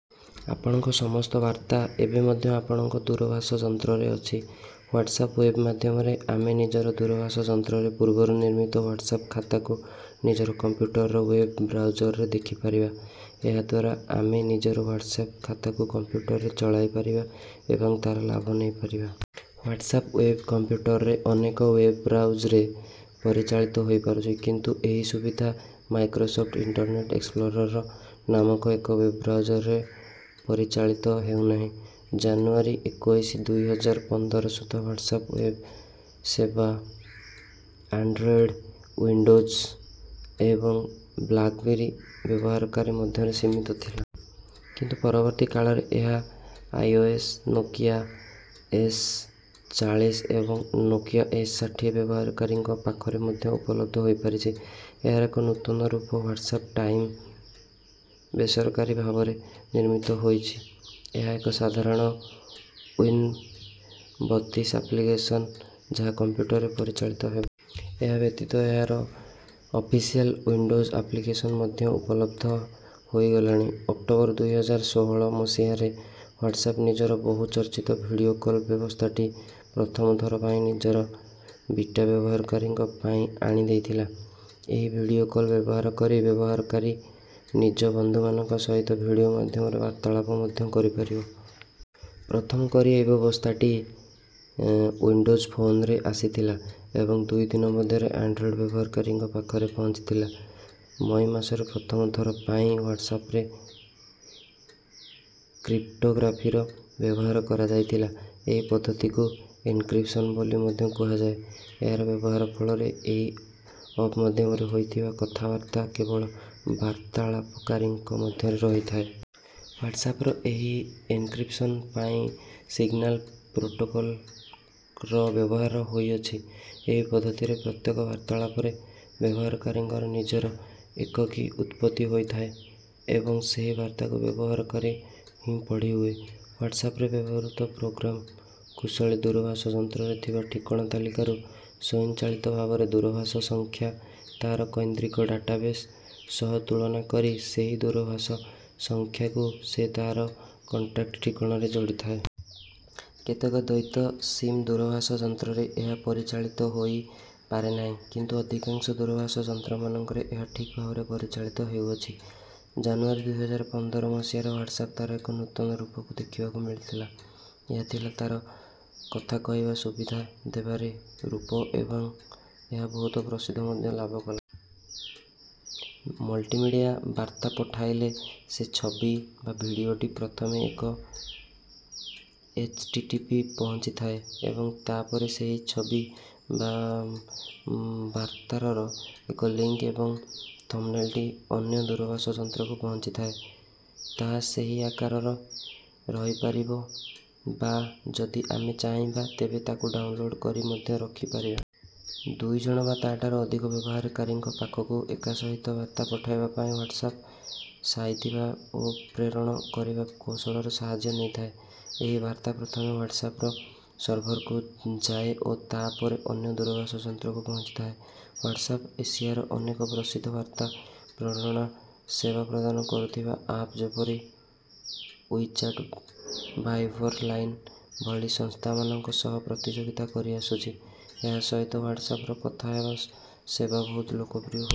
ଆପଣଙ୍କ ସମସ୍ତ ବାର୍ତ୍ତା ଏବେ ମଧ୍ୟ ଆପଣଙ୍କ ଦୂରଭାଷ ଯନ୍ତ୍ରରେ ଅଛି। ହ୍ୱାଟ୍ସଆପ ୱେବ୍ ମାଧ୍ୟମରେ ଆମେ ନିଜର ଦୂରଭାଷ ଯନ୍ତ୍ରରେ ପୂର୍ବରୁ ନିର୍ମିତ ହ୍ୱାଟ୍ସଆପ ଖାତାକୁ ନିଜର କମ୍ପ୍ୟୁଟରର ୱେବ ବ୍ରାଉଜରରେ ଦେଖିପାରିବା। ଏହାଦ୍ୱାରା ଆମେ ନିଜର ହ୍ୱାଟ୍ସଆପ ଖାତାକୁ କମ୍ପ୍ୟୁଟରରେ ଚଳାଇପାରିବା ଏବଂ ତାର ଲାଭ ନେଇପାରିବା। ହ୍ୱାଟ୍ସଆପ ୱେବ୍ କମ୍ପ୍ୟୁଟରରେ ଅନେକ ୱେବ୍ ବ୍ରାଉଜରେ ପରିଚାଳିତ ହୋଇପାରୁଛି କିନ୍ତୁ ଏହି ସୁବିଧା ମାଇକ୍ରୋସଫ୍ଟ୍ ଇଣ୍ଟରନେଟ ଏକ୍ସପ୍ଲୋରର୍ ନାମକ ଏକ ୱେବ୍ ବ୍ରାଉଜରରେ ପରିଚାଳିତ ହେଉନାହିଁ। ଜାନୁଆରୀ ଏକୋଇଶ ଦୁଇ ହଜାର ପନ୍ଦର ସୁଦ୍ଧା ହ୍ୱାଟ୍ସଆପ ୱେବ୍ ସେବା ଆଣ୍ଡ୍ରଏଡ୍ ଓ୍ବିଣ୍ଡୋଜ୍ ଏବଂ ବ୍ଲାକବେରୀ ବ୍ୟବହାରକାରୀ ମଧ୍ୟରେ ସୀମିତ ଥିଲା। କିନ୍ତୁ ପରବର୍ତ୍ତୀ କାଳରେ ଏହା I. O. S Nokia S ଚାଳିଶ ଏବଂ ନୋକିଆ ଏସ୍ ଷାଠିଏ ବ୍ୟବହାରକାରୀଙ୍କ ପାଖରେ ମଧ୍ୟ ଉପଲବ୍ଧ ହୋଇପାରିଛି। ଏହାର ଏକ ନୂତନ ରୂପ ହ୍ୱାଟ୍ସଆପ ଟାଇମ୍ ବେସରକାରୀ ଭାବରେ ନିର୍ମିତ ହୋଇଛି। ଏହା ଏକ ସାଧାରଣ ଓ୍ବିନ୍ ବତିଶ ଆପ୍ଲିକେସନ୍ ଯାହା କମ୍ପ୍ୟୁଟରରେ ପରିଚାଳିତ ହେବ। ଏହା ବ୍ୟତିତ ଏହାର ଅଫିସିଆଲ ଉଇଣ୍ଡୋଜ ଆପ୍ଲିକସନ ମଧ୍ୟ ଉପଲବଦ୍ଧ ହୋଇଗଲାଣି। ଅକ୍ଟୋବର ଦୁଇ ହଜାର ଷୋହଳ ମସିହାରେ ହ୍ୱାଟ୍ସଆପ ନିଜର ବହୁ ଚର୍ଚିତ ଭିଡିଓ କଲ ବ୍ୟବସ୍ଥାଟି ପ୍ରଥମଥର ପାଇଁ ନିଜର ବିଟା ବ୍ୟବହାରକାରୀଙ୍କ ପାଇଁ ଆଣି ଦେଇଥିଲା। ଏହି ଭିଡିଓ କଲ ବ୍ୟବହାର କରି ବ୍ୟବହାରକାରୀ ନିଜ ବନ୍ଧୁ ମାନଙ୍କ ସହିତ ଭିଡିଓ ମାଧ୍ୟମରେ ବାର୍ତ୍ତାଳାପ ମଧ୍ୟ କରିପାରିବ। ପ୍ରଥମ କରି ଏହି ବ୍ୟବସ୍ଥାଟି ଉଇନ୍ ଡୋଜ୍ ଫୋନରେ ଆସିଥିଲା ଏବଂ ଦୁଇ ଦିନ ମଧ୍ୟରେ ଆଣ୍ଡ୍ରୋଏଡ ବ୍ୟବହାରକାରୀଙ୍କ ପାଖରେ ପହଞ୍ଚିଥିଲା। ମଇ ମାସରେ ପ୍ରଥମ ଥର ପାଇଁ ହ୍ୱାଟ୍ସଆପରେ କ୍ରିପ୍ଟୋଗ୍ରାଫିର ବ୍ୟବହାର କରାଯାଇଥିଲା। ଏହି ପଦ୍ଧତିକୁ ଏନ୍କ୍ରିପସନ୍ ବୋଲି ମଧ୍ୟ କୁହାଯାଏ। ଏହାର ବ୍ୟବହାର ଫଳରେ ଏହି ଅପ ମାଧ୍ୟମରେ ହୋଇଥିବା କଥା ବାର୍ତ୍ତା କେବଳ ବାର୍ତ୍ତାଳାପକାରୀଙ୍କ ମଧ୍ୟରେ ରହିଥାଏ। ହ୍ୱାଟ୍ସଆପର ଏହି ଏନ୍କ୍ରିପସନ୍ ପାଇଁ ସିଗନାଲ ପ୍ରୋଟୋକଲର ବ୍ୟବହାର ହୋଇଅଛି। ଏହି ପଦ୍ଧତିରେ ପ୍ରତ୍ୟେକ ବାର୍ତ୍ତାଳାପରେ ବ୍ୟବହାରକାରୀଙ୍କର ନିଜର ଏକକୀ ଉତ୍ପତ୍ତି ହୋଇଥାଏ। ଏବଂ ସେହି ବାର୍ତ୍ତାକୁ ବ୍ୟବହାରକରି ହିଁ ପଢି ହୁଏ। ହ୍ୱାଟ୍ସଆପରେ ବ୍ୟବହୃତ ପ୍ରୋଗ୍ରାମ କୁଶଳୀ ଦୂରଭାଷ ଯନ୍ତ୍ରରେ ଥିବା ଠିକଣା ତାଲିକାରୁ ସ୍ୱୟଂଚାଳିତ ଭାବରେ ଦୂରଭାଷ ସଂଖ୍ୟା ତାର କୈନ୍ଦ୍ରିକ ଡାଟାବେଶ ସହ ତୁଳନା କରି ସେହି ଦୂରଭାଷ ସଂଖ୍ୟାକୁ ସେ ତାର କଣ୍ଟାକ୍ଟ ଠିକଣାରେ ଯୋଡି ଥାଏ। କେତେକ ଦ୍ୱୈତ ସିମ୍ ଦୂରଭାଷ ଯନ୍ତ୍ରରେ ଏହା ପରିଚାଳିତ ହୋଇ ପାରେନାହିଁ କିନ୍ତୁ ଅଧିକାଂଶ ଦୂରଭାଷ ଯନ୍ତ୍ରମାନଙ୍କରେ ଏହା ଠିକ ଭାବରେ ପରିଚାଳିତ ହେଉଅଛି। ଜାନୁଆରୀ ଦୁଇ ହଜାର ପନ୍ଦର ମସିହାରେ ହ୍ୱାଟ୍ସଆପ ତାର ଏକ ନୂତନ ରୂପକୁ ଦେଖିବାକୁ ମିଳିଥିଲା। ଏହା ଥିଲା ତାର କଥା କହିବା ସୁବିଧା ଦେବାର ରୂପ ଏବଂ ଏହା ବହୁତ ପ୍ରସିଦ୍ଧି ମଧ୍ୟ ଲାଭ କଲା। ମଲ୍ଟି ମିଡିଆ ବାର୍ତ୍ତା ପଠାଇଲେ ସେ ଛବି ବା ଭିଡିଓଟି ପ୍ରଥମେ ଏକ ଏଚଟିଟିପି ପହଞ୍ଚିଥାଏ ଏବଂ ତାପରେ ସେହି ଛବି ବା ବାର୍ତ୍ତାରର ଏକ ଲିଙ୍କ ଏବଂ ଥମ୍ବନେଲଟି ଅନ୍ୟ ଦୂରଭାଷ ଯନ୍ତ୍ରକୁ ପହଞ୍ଚିଥାଏ। ତାହା ସେହି ଆକାରରେ ରହିପାରିବ ବା ଯଦି ଆମେ ଚାହିଁବା ତେବେ ତାକୁ ଡାଉନଲୋଡ କରି ମଧ୍ୟ ଦେଖି ପାରିବା। ଦୁଇ ଜଣ ବା ତା ଠାରୁ ଅଧିକ ବ୍ୟବହାରକାରୀଙ୍କ ପାଖକୁ ଏକାସହିତ ବାର୍ତ୍ତା ପଠେଇବାପାଇଁ ହ୍ୱାଟ୍ସଆପ ସାଇତିବା ଓ ପ୍ରେରଣ କରିବା କୌଶଳର ସାହାଯ୍ୟ ନେଇଥାଏ। ଏହି ବାର୍ତ୍ତା ପ୍ରଥମେ ହ୍ୱାଟ୍ସଆପର ସର୍ଭରକୁ ଯାଏ ଓ ତା ପରେ ଅନ୍ୟ ଦୂରଭାଷ ଯନ୍ତ୍ରକୁ ପହଞ୍ଚିଥାଏ। ହ୍ୱାଟ୍ସଆପ ଏସିଆର ଅନେକ ପ୍ରସିଦ୍ଧ ବାର୍ତ୍ତା ପ୍ରେରଣ ସେବା ପ୍ରଦାନ କରୁଥିବା ଆପ୍ ଯେପରି ଉଇ ଚାଟ୍ ଭାଇବର୍ ଲାଇନ ଭଳି ସଂସ୍ଥାମାନଙ୍କ ସହ ପ୍ରତିଯୋଗିତା କରିଆସୁଛି। ଏହା ସହିତ ହ୍ୱାଟ୍ସଆପର କଥା ହେବା ସେବା ବହୁତ ଲୋକପ୍ରିୟ ହୋଇଛି।